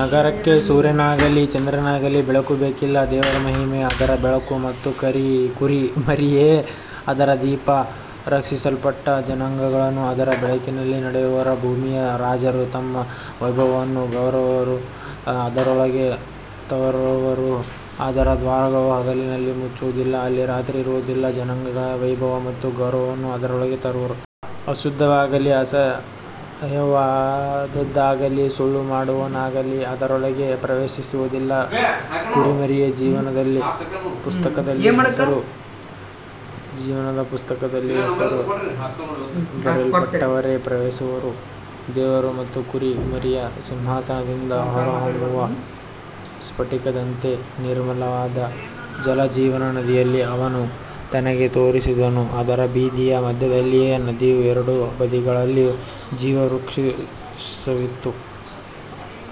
ನಗರಕ್ಕೆ ಸೂರ್ಯನಾಗಲಿ ಚಂದ್ರನಾಗಲಿ ಬೆಳಕು ಬೇಕಿಲ್ಲ, ದೇವರ ಮಹಿಮೆಯೇ ಅದರ ಬೆಳಕು ಮತ್ತು ಕುರಿಮರಿಯೇ ಅದರ ದೀಪ. ರಕ್ಷಿಸಲ್ಪಟ್ಟ ಜನಾಂಗಗಳು ಅದರ ಬೆಳಕಿನಲ್ಲಿ ನಡೆಯುವರು, ಭೂಮಿಯ ರಾಜರು ತಮ್ಮ ವೈಭವವನ್ನೂ ಗೌರವವನ್ನೂ ಅದರೊಳಗೆ ತರುವರು. ಅದರ ದ್ವಾರಗಳು ಹಗಲಿನಲ್ಲಿ ಮುಚ್ಚುವುದಿಲ್ಲ, ಅಲ್ಲಿ ರಾತ್ರಿ ಇರುವುದಿಲ್ಲ. ಜನಾಂಗಗಳ ವೈಭವ ಮತ್ತು ಗೌರವವನ್ನು ಅದರೊಳಗೆ ತರುವರು. ಅಶುದ್ಧವಾದದ್ದಾಗಲಿ ಅಸಹ್ಯವಾದದ್ದಾಗಲಿ ಸುಳ್ಳು ಮಾಡುವವನಾಗಲಿ ಅದರೊಳಗೆ ಪ್ರವೇಶಿಸುವುದಿಲ್ಲ, ಕುರಿಮರಿಯ ಜೀವನದ ಪುಸ್ತಕದಲ್ಲಿ ಹೆಸರು ಬರೆಯಲ್ಪಟ್ಟವರೇ ಪ್ರವೇಶಿಸುವರು. ದೇವರು ಮತ್ತು ಕುರಿಮರಿಯ ಸಿಂಹಾಸನದಿಂದ ಹೊರಹೊಮ್ಮುವ ಸ್ಫಟಿಕದಂತೆ ನಿರ್ಮಲವಾದ ಜೀವಜಲದ ನದಿಯನ್ನು ಅವನು ನನಗೆ ತೋರಿಸಿದನು. ಅದರ ಬೀದಿಯ ಮಧ್ಯದಲ್ಲಿಯೂ ನದಿಯ ಎರಡೂ ಬದಿಗಳಲ್ಲಿಯೂ ಜೀವವೃಕ್ಷವಿತ್ತು.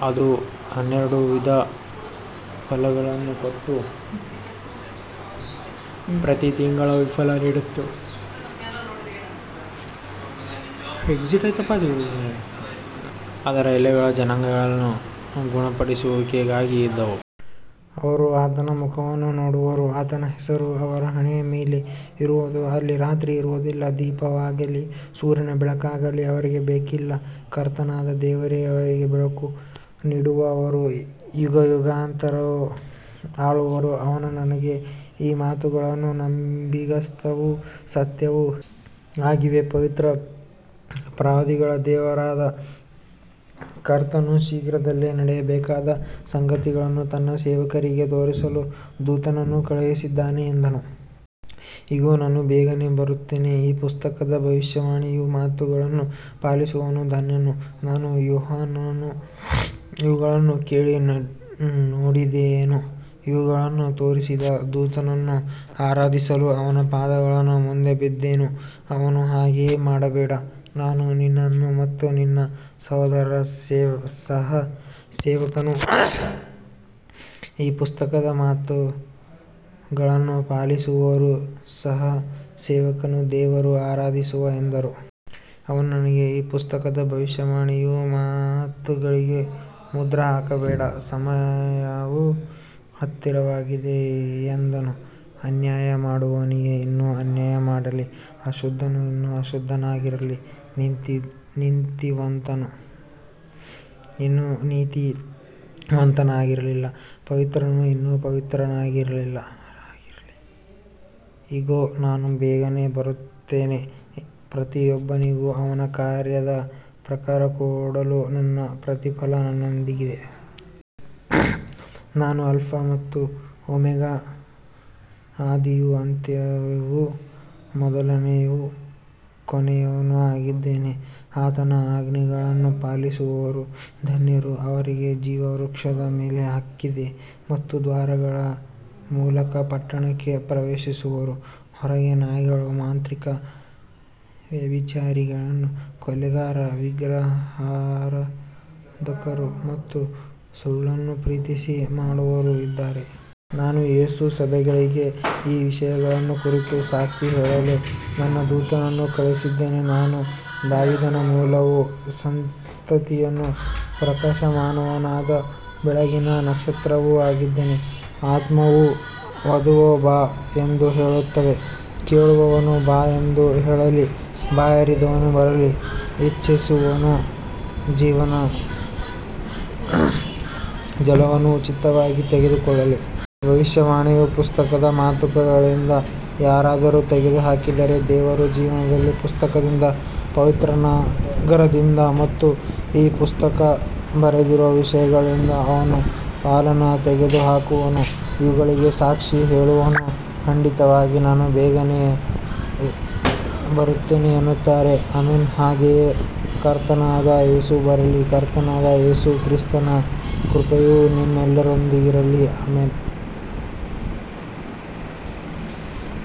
ಅದು ಹನ್ನೆರಡು ವಿಧದ ಫಲಗಳನ್ನು ಕೊಟ್ಟು, ಪ್ರತಿ ತಿಂಗಳು ಫಲ ನೀಡುತ್ತಿತ್ತು, ಅದರ ಎಲೆಗಳು ಜನಾಂಗಗಳ ಗುಣಪಡಿಸುವಿಕೆಗಾಗಿ ಇದ್ದವು. ಅವರು ಆತನ ಮುಖವನ್ನು ನೋಡುವರು, ಆತನ ಹೆಸರು ಅವರ ಹಣೆಯ ಮೇಲೆ ಇರುವುದು. ಅಲ್ಲಿ ರಾತ್ರಿ ಇರುವುದಿಲ್ಲ, ದೀಪವಾಗಲಿ ಸೂರ್ಯನ ಬೆಳಕಾಗಲಿ ಅವರಿಗೆ ಬೇಕಿಲ್ಲ, ಕರ್ತನಾದ ದೇವರೇ ಅವರಿಗೆ ಬೆಳಕು ನೀಡುವನು, ಅವರು ಯುಗಯುಗಾಂತರವೂ ಆಳುವರು. ಅವನು ನನಗೆ, ಈ ಮಾತುಗಳು ನಂಬಿಗಸ್ತವೂ ಸತ್ಯವೂ ಆಗಿವೆ, ಪವಿತ್ರ ಪ್ರವಾದಿಗಳ ದೇವರಾದ ಕರ್ತನು ಶೀಘ್ರದಲ್ಲೇ ನಡೆಯಬೇಕಾದ ಸಂಗತಿಗಳನ್ನು ತನ್ನ ಸೇವಕರಿಗೆ ತೋರಿಸಲು ದೂತನನ್ನು ಕಳುಹಿಸಿದ್ದಾನೆ ಎಂದನು. ಇಗೋ, ನಾನು ಬೇಗನೆ ಬರುತ್ತೇನೆ, ಈ ಪುಸ್ತಕದ ಭವಿಷ್ಯವಾಣಿಯ ಮಾತುಗಳನ್ನು ಪಾಲಿಸುವವನು ಧನ್ಯನು. ನಾನು ಯೋಹಾನನು ಇವುಗಳನ್ನು ಕೇಳಿ ನೋಡಿದೆನು, ಇವುಗಳನ್ನು ತೋರಿಸಿದ ದೂತನನ್ನು ಆರಾಧಿಸಲು ಅವನ ಪಾದಗಳ ಮುಂದೆ ಬಿದ್ದೆನು. ಅವನು, ಹಾಗೆ ಮಾಡಬೇಡ, ನಾನು ನಿನ್ನ ಮತ್ತು ನಿನ್ನ ಸಹೋದರರ ಸಹಸೇವಕನು, ಈ ಪುಸ್ತಕದ ಮಾತುಗಳನ್ನು ಪಾಲಿಸುವವರ ಸಹಸೇವಕನು, ದೇವರನ್ನು ಆರಾಧಿಸು ಎಂದನು. ಅವನು ನನಗೆ, ಈ ಪುಸ್ತಕದ ಭವಿಷ್ಯವಾಣಿಯ ಮಾತುಗಳಿಗೆ ಮುದ್ರೆ ಹಾಕಬೇಡ, ಸಮಯವು ಹತ್ತಿರವಾಗಿದೆ ಎಂದನು. ಅನ್ಯಾಯ ಮಾಡುವವನು ಇನ್ನೂ ಅನ್ಯಾಯ ಮಾಡಲಿ, ಅಶುದ್ಧನು ಇನ್ನೂ ಅಶುದ್ಧನಾಗಿರಲಿ, ನೀತಿವಂತನು ಇನ್ನೂ ನೀತಿವಂತನಾಗಿರಲಿ, ಪವಿತ್ರನು ಇನ್ನೂ ಪವಿತ್ರನಾಗಿರಲಿ. ಇಗೋ, ನಾನು ಬೇಗನೆ ಬರುತ್ತೇನೆ, ಪ್ರತಿಯೊಬ್ಬನಿಗೂ ಅವನ ಕಾರ್ಯದ ಪ್ರಕಾರ ಕೊಡಲು ನನ್ನ ಪ್ರತಿಫಲ ನನ್ನೊಂದಿಗಿದೆ. ನಾನು ಆಲ್ಫಾ ಮತ್ತು ಓಮೆಗಾ, ಆದಿಯೂ ಅಂತ್ಯವೂ, ಮೊದಲನೆಯವನೂ ಕೊನೆಯವನೂ ಆಗಿದ್ದೇನೆ. ಆತನ ಆಜ್ಞೆಗಳನ್ನು ಪಾಲಿಸುವವರು ಧನ್ಯರು, ಅವರಿಗೆ ಜೀವವೃಕ್ಷದ ಮೇಲೆ ಹಕ್ಕಿದೆ ಮತ್ತು ದ್ವಾರಗಳ ಮೂಲಕ ಪಟ್ಟಣಕ್ಕೆ ಪ್ರವೇಶಿಸುವರು. ಹೊರಗೆ ನಾಯಿಗಳು, ಮಾಂತ್ರಿಕರು, ವ್ಯಭಿಚಾರಿಗಳು, ಕೊಲೆಗಾರರು, ವಿಗ್ರಹಾರಾಧಕರು ಮತ್ತು ಸುಳ್ಳನ್ನು ಪ್ರೀತಿಸಿ ಮಾಡುವವರು ಇದ್ದಾರೆ. ನಾನು ಯೇಸು, ಸಭೆಗಳಿಗೆ ಈ ವಿಷಯಗಳ ಕುರಿತು ಸಾಕ್ಷಿ ಹೇಳಲು ನನ್ನ ದೂತನನ್ನು ಕಳುಹಿಸಿದ್ದೇನೆ. ನಾನು ದಾವೀದನ ಮೂಲವೂ ಸಂತತಿಯೂ, ಪ್ರಕಾಶಮಾನವಾದ ಬೆಳಗಿನ ನಕ್ಷತ್ರವೂ ಆಗಿದ್ದೇನೆ. ಆತ್ಮವೂ ವಧುವೂ, ಬಾ ಎಂದು ಹೇಳುತ್ತವೆ. ಕೇಳುವವನು, ಬಾ ಎಂದು ಹೇಳಲಿ. ಬಾಯಾರಿದವನು ಬರಲಿ, ಇಚ್ಛಿಸುವವನು ಜೀವಜಲವನ್ನು ಉಚಿತವಾಗಿ ತೆಗೆದುಕೊಳ್ಳಲಿ. ಈ ಭವಿಷ್ಯವಾಣಿಯ ಪುಸ್ತಕದ ಮಾತುಗಳಿಂದ ಯಾರಾದರೂ ತೆಗೆದುಹಾಕಿದರೆ, ದೇವರು ಜೀವನದ ಪುಸ್ತಕದಿಂದ, ಪವಿತ್ರನಗರದಿಂದ ಮತ್ತು ಈ ಪುಸ್ತಕದಲ್ಲಿ ಬರೆದಿರುವ ವಿಷಯಗಳಿಂದ ಅವನ ಪಾಲನ್ನು ತೆಗೆದುಹಾಕುವನು. ಇವುಗಳಿಗೆ ಸಾಕ್ಷಿ ಹೇಳುವವನು, ಖಂಡಿತವಾಗಿ ನಾನು ಬೇಗನೆ ಬರುತ್ತೇನೆ ಎನ್ನುತ್ತಾನೆ. ಆಮೆನ್, ಹಾಗೆಯೇ ಕರ್ತನಾದ ಯೇಸು ಬರಲಿ. ಕರ್ತನಾದ ಯೇಸು ಕ್ರಿಸ್ತನ ಕೃಪೆಯು ನಿಮ್ಮೆಲ್ಲರೊಂದಿಗಿರಲಿ. ಆಮೆನ್.